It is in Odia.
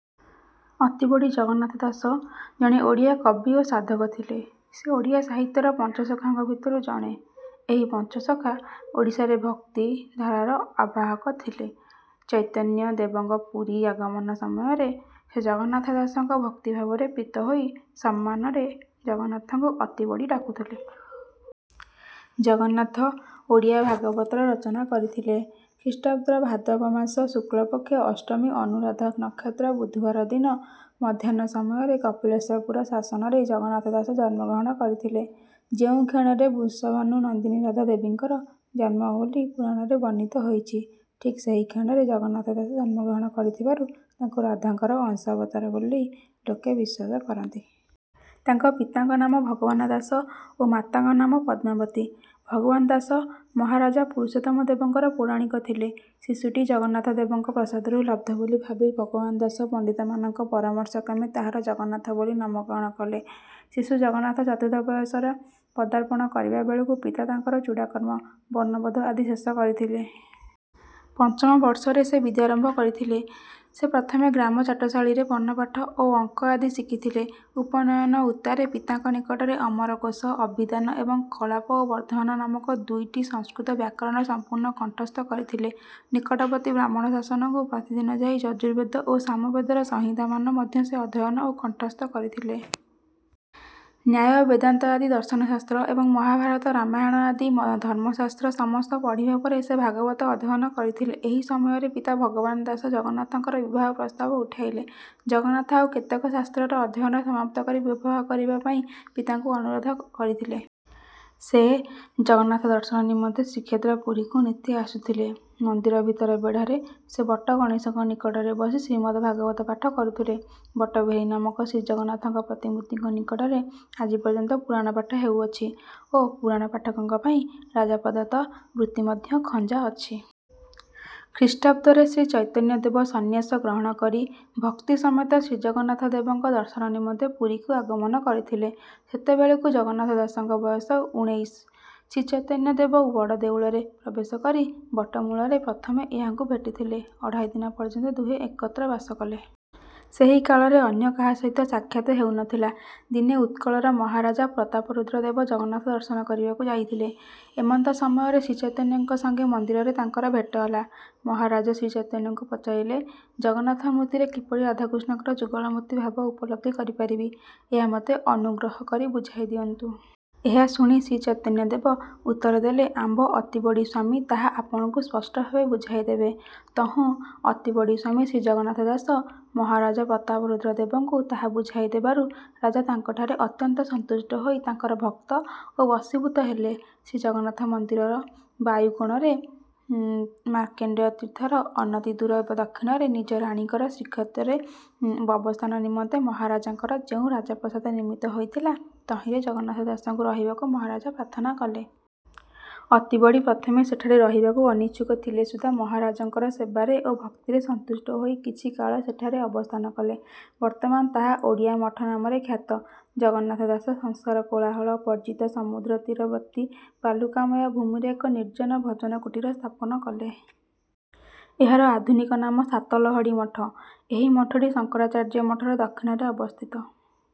ଅତିବଡ଼ି ଜଗନ୍ନାଥ ଦାସ ଜଣେ ଓଡ଼ିଆ କବି ଓ ସାଧକ ଥିଲେ। ସେ ଓଡ଼ିଆ ସାହିତ୍ୟର ପଞ୍ଚସଖାଙ୍କ ଭିତରୁ ଜଣେ। ଏହି ପଞ୍ଚସଖା ଓଡ଼ିଶାରେ "ଭକ୍ତି" ଧାରାର ଆବାହକ ଥିଲେ। ଚୈତନ୍ୟ ଦେବଙ୍କ ପୁରୀ ଆଗମନ ସମୟରେ ସେ ଜଗନ୍ନାଥ ଦାସଙ୍କ ଭକ୍ତିଭାବରେ ପ୍ରୀତ ହୋଇ ସମ୍ମାନରେ ଜଗନ୍ନାଥଙ୍କୁ "ଅତିବଡ଼ି" ଡାକୁଥିଲେ। ଜଗନ୍ନାଥ ଓଡ଼ିଆ ଭାଗବତର ରଚନା କରିଥିଲେ। ଖ୍ରୀଷ୍ଟାଦ୍ଦ ଭାଦ୍ରବମାସ ଶୁକ୍ଳପକ୍ଷ ଅଷ୍ଟମୀ ଅନୁରାଧା ନକ୍ଷତ୍ର ବୁଧବାର ଦିନ ମଧ୍ୟାହ୍ନ ସମୟରେ କପିଳେଶ୍ୱରପୁର ଶାସନରେ ଜଗନ୍ନାଥ ଦାସ ଜନ୍ମଗ୍ରହଣ କରିଥିଲେ। ଯେଉଁ କ୍ଷଣରେ ବୃଷଭାନୁ ନନ୍ଦିନୀ ରାଧା ଦେବୀଙ୍କର ଜନ୍ମ ବୋଲି ପୁରାଣରେ ବର୍ଣ୍ଣିତ ହୋଇଛି, ଠିକ ସେହିକ୍ଷଣରେ ଜଗନ୍ନାଥ ଦାସ ଜନ୍ମଗ୍ରହଣ କରିଥିବାରୁ ତାଙ୍କୁ ରାଧାଙ୍କର ଅଂଶାବତାର ବୋଲି ଲୋକେ ବିଶ୍ୱାସ କରନ୍ତି। ତାଙ୍କ ପିତାଙ୍କ ନାମ ଭଗବାନ ଦାସ ଓ ମାତାଙ୍କ ନାମ ପଦ୍ମାବତୀ। ଭଗବାନ ଦାଶ ମହାରାଜା ପୁରୁଷୋତ୍ତମ ଦେବଙ୍କର ପୌରାଣିକ ଥିଲେ। ଶିଶୁଟି ଜଗନ୍ନାଥ ଦେବଙ୍କ ପ୍ରସାଦରୁ ଲବ୍ଧ ବୋଲି ଭାବି ଭଗବାନ ଦାସ ପଣ୍ଡିତମାନଙ୍କ ପରାମର୍ଶକ୍ରମେ ତାହାର ଜଗନ୍ନାଥ ବୋଲି ନାମକରଣ କଲେ। ଶିଶୁ ଜଗନ୍ନାଥ ଚତୁର୍ଥ ବୟସରେ ପଦାର୍ପଣ କରିବା ବେଳକୁ ପିତା ତାଙ୍କର ଚୂଡ଼ାକର୍ମ, ବଣ୍ଣବୋଧ ଆଦି ଶେଷ କରିଥିଲେ। ପଞ୍ଚମ ବର୍ଷରେ ସେ ବିଦ୍ୟାରମ୍ଭ କରିଥିଲେ। ସେ ପ୍ରଥମେ ଗ୍ରାମ ଚାଟଶାଳୀରେ ବର୍ଣ୍ଣପାଠ ଓ ଅଙ୍କ ଆଦି ଶିଖିଥିଲେ। ଉପନୟନ ଉତ୍ତାରେ ପିତାଙ୍କ ନିକଟରେ ଅମରକୋଷ, ଅଭିଧାନ ଏବଂ କଳାପ ଓ ବର୍ଦ୍ଧମାନ ନାମକ ଦୁଇଟି ସଂସ୍କୃତ ବ୍ୟାକରଣ ସମ୍ପୂର୍ଣ୍ଣ କଣ୍ଠସ୍ଥ କରିଥିଲେ। ନିକଟବର୍ତ୍ତୀ ବ୍ରାହ୍ମଣ ଶାସନକୁ ପ୍ରତିଦିନ ଯାଇ ଯଜୁର୍ବେଦ ଓ ସାମବେଦର ସଂହିତାମାନ ମଧ୍ୟ ସେ ଅଧ୍ୟୟନ ଓ କଣ୍ଠସ୍ଥ କରିଥିଲେ। ନ୍ୟାୟ ବେଦାନ୍ତ ଆଦି ଦର୍ଶନଶାସ୍ତ୍ର ଏବଂ ମହାଭାରତ ରାମାୟଣ ଆଦି ଧର୍ମଶାସ୍ତ୍ର ସମସ୍ତ ପଢ଼ିବା ପରେ ସେ ଭାଗବତ ଅଧ୍ୟୟନ କରିଥିଲେ। ଏହି ସମୟରେ ପିତା ଭଗବାନ ଦାସ ଜଗନ୍ନାଥଙ୍କର ବିବାହ ପ୍ରସ୍ତାବ ଉଠାଇଲେ। ଜଗନ୍ନାଥ ଆଉ କେତେକ ଶାସ୍ତ୍ରର ଅଧ୍ୟୟନ ସମାପ୍ତ କରି ବିବାହ କରିବା ପାଇଁ ପିତାଙ୍କୁ ଅନୁରୋଧ କରିଥିଲେ। ସେ ଜଗନ୍ନାଥ ଦର୍ଶନ ନିମନ୍ତେ ଶ୍ରୀକ୍ଷେତ୍ର ପୁରୀକୁ ନିତି ଆସୁଥିଲେ। ମନ୍ଦିର ଭିତର ବେଢ଼ାରେ ସେ ବଟଗଣେଶଙ୍କ ନିକଟରେ ବସି ଶ୍ରୀମଦ୍ ଦ୍ଭାଗବତ ପାଠ କରୁଥିଲେ। ବଟବିହାରୀ ନାମକ ଶ୍ରୀଜଗନ୍ନାଥଙ୍କ ପ୍ରତିମୂର୍ତ୍ତିଙ୍କ ନିକଟରେ ଆଜି ପର୍ଯ୍ୟନ୍ତ ପୁରାଣ ପାଠ ହେଉଅଛି ଓ ପୁରାଣ ପାଠକଙ୍କ ପାଇଁ ରାଜପ୍ରଦତ୍ତ ବୃତ୍ତି ମଧ୍ୟ ଖଞ୍ଜା ଅଛି। ଖ୍ରୀଷ୍ଟାଦ୍ଦରେ ଶ୍ରୀ ଚୈତନ୍ୟଦେବ ସନ୍ନ୍ୟାସ ଗ୍ରହଣ କରି ଭକ୍ତି ସମେତ ଶ୍ରୀଜଗନ୍ନାଥ ଦେବଙ୍କ ଦର୍ଶନ ନିମନ୍ତେ ପୁରୀକୁ ଆଗମନ କରିଥିଲେ। ସେତେବେଳକୁ ଜଗନ୍ନାଥ ଦାସଙ୍କ ବୟସ ଉଣେଇଶ। ଶ୍ରୀଚୈତନ୍ୟ ଦେବ ବଡ଼ଦେଉଳରେ ପ୍ରବେଶ କରି ବଟ ମୂଳରେ ପ୍ରଥମେ ଏହାଙ୍କୁ ଭେଟିଥିଲେ। ଅଢ଼ାଇ ଦିନ ପର୍ଯ୍ୟନ୍ତ ଦୁହେଁ ଏକତ୍ର ବାସ କଲେ। ସେହି କାଳରେ ଅନ୍ୟ କାହା ସହିତ ସାକ୍ଷାତ ହେଉନଥିଲା। ଦିନେ ଉତ୍କଳର ମହାରାଜା ପ୍ରତାପରୁଦ୍ର ଦେବ ଜଗନ୍ନାଥ ଦର୍ଶନ କରିବାକୁ ଯାଇଥିଲେ, ଏମନ୍ତ ସମୟରେ ଶ୍ରୀଚୈତନ୍ୟଙ୍କ ସଙ୍ଗେ ମନ୍ଦିରରେ ତାଙ୍କର ଭେଟ ହେଲା, ମହାରାଜ ଶ୍ରୀଚୈତନଙ୍କୁ ପଚାରିଲେ, "ଜଗନ୍ନାଥ ମୂର୍ତ୍ତିରେ କିପରି ରାଧାକୃଷ୍ଣଙ୍କର ଯୁଗଳମୂର୍ତ୍ତି ଭାବ ଉପଲବ୍ଧି କରି ପାରିବି, ଏହା ମୋତେ ଅନୁଗ୍ରହ କରି ବୁଝାଇ ଦିଅନ୍ତୁ"। ଏହା ଶୁଣି ଶ୍ରୀଚୈତନ୍ୟ ଦେବ ଉତ୍ତର ଦେଲେ 'ଆମ୍ଭ ଅତିବଡ଼ି ସ୍ୱାମୀ ତାହା ଆପଣଙ୍କୁ ସ୍ପଷ୍ଟଭାବେ ବୁଝାଇ ଦେବେ"। ତହୁଁ ଅତିବଡ଼ି ସ୍ୱାମୀ ଶ୍ରୀ ଜଗନ୍ନାଥ ଦାସ ମହାରାଜ ପ୍ରତାପରୁଦ୍ର ଦେବଙ୍କୁ ତାହା ବୁଝାଇ ଦେବାରୁ ରାଜା ତାଙ୍କଠାରେ ଅତ୍ୟନ୍ତ ସନ୍ତୁଷ୍ଟ ହୋଇ ତାଙ୍କର ଭକ୍ତ ଓ ବଶୀଭୂତ ହେଲେ ଶ୍ରୀ ଜଗନ୍ନାଥ ମନ୍ଦିରର ବାୟୁ କୋଣରେ ମାର୍କଣ୍ଡେୟ ତୀର୍ଥର ଅନତିଦୂର ଦକ୍ଷିଣରେ ନିଜ ରାଣୀଙ୍କର ଶ୍ରୀକ୍ଷେତ୍ରରେ ଅବସ୍ଥାନ ନିମନ୍ତେ ମହାରାଜାଙ୍କର ଯେଉଁ ରାଜପ୍ରସାଦ ନିର୍ମିତ ହୋଇଥିଲା, ତହିଁରେ ଜଗନ୍ନାଥ ଦାସଙ୍କୁ ରହିବାକୁ ମହାରାଜ ପ୍ରାର୍ଥନା କଲେ। ଅତିବଡ଼ି ପ୍ରଥମେ ସେଠାରେ ରହିବାକୁ ଅନିଚ୍ଛୁକ ଥିଲେ ସୁଦ୍ଧା ମହରାଜଙ୍କର ସେବାରେ ଓ ଭକ୍ତିରେ ସନ୍ତୁଷ୍ଟ ହୋଇ କିଛି କାଳ ସେଠାରେ ଅବସ୍ଥାନ କଲେ ବର୍ତ୍ତମାନ ତାହା ଓଡ଼ିଆମଠ ନାମରେ ଖ୍ୟାତ। ଜଗନ୍ନାଥ ଦାସ ସଂସାର କୋଳାହଳ ବର୍ଜ୍ଜିତ ସମୁଦ୍ରତୀରବର୍ତ୍ତୀ ବାଲୁକାମୟ ଭୂମିରେ ଏକ ନିର୍ଜନ ଭଜନ କୁଟୀର ସ୍ଥାପନ କଲେ। ଏହାର ଆଧୁନିକ ନାମ ସାତଲହଡ଼ି ମଠ। ଏହି ମଠଟି ଶଙ୍କରାଚାର୍ଯ୍ୟ ମଠର ଦକ୍ଷିଣରେ ଅବସ୍ଥିତ।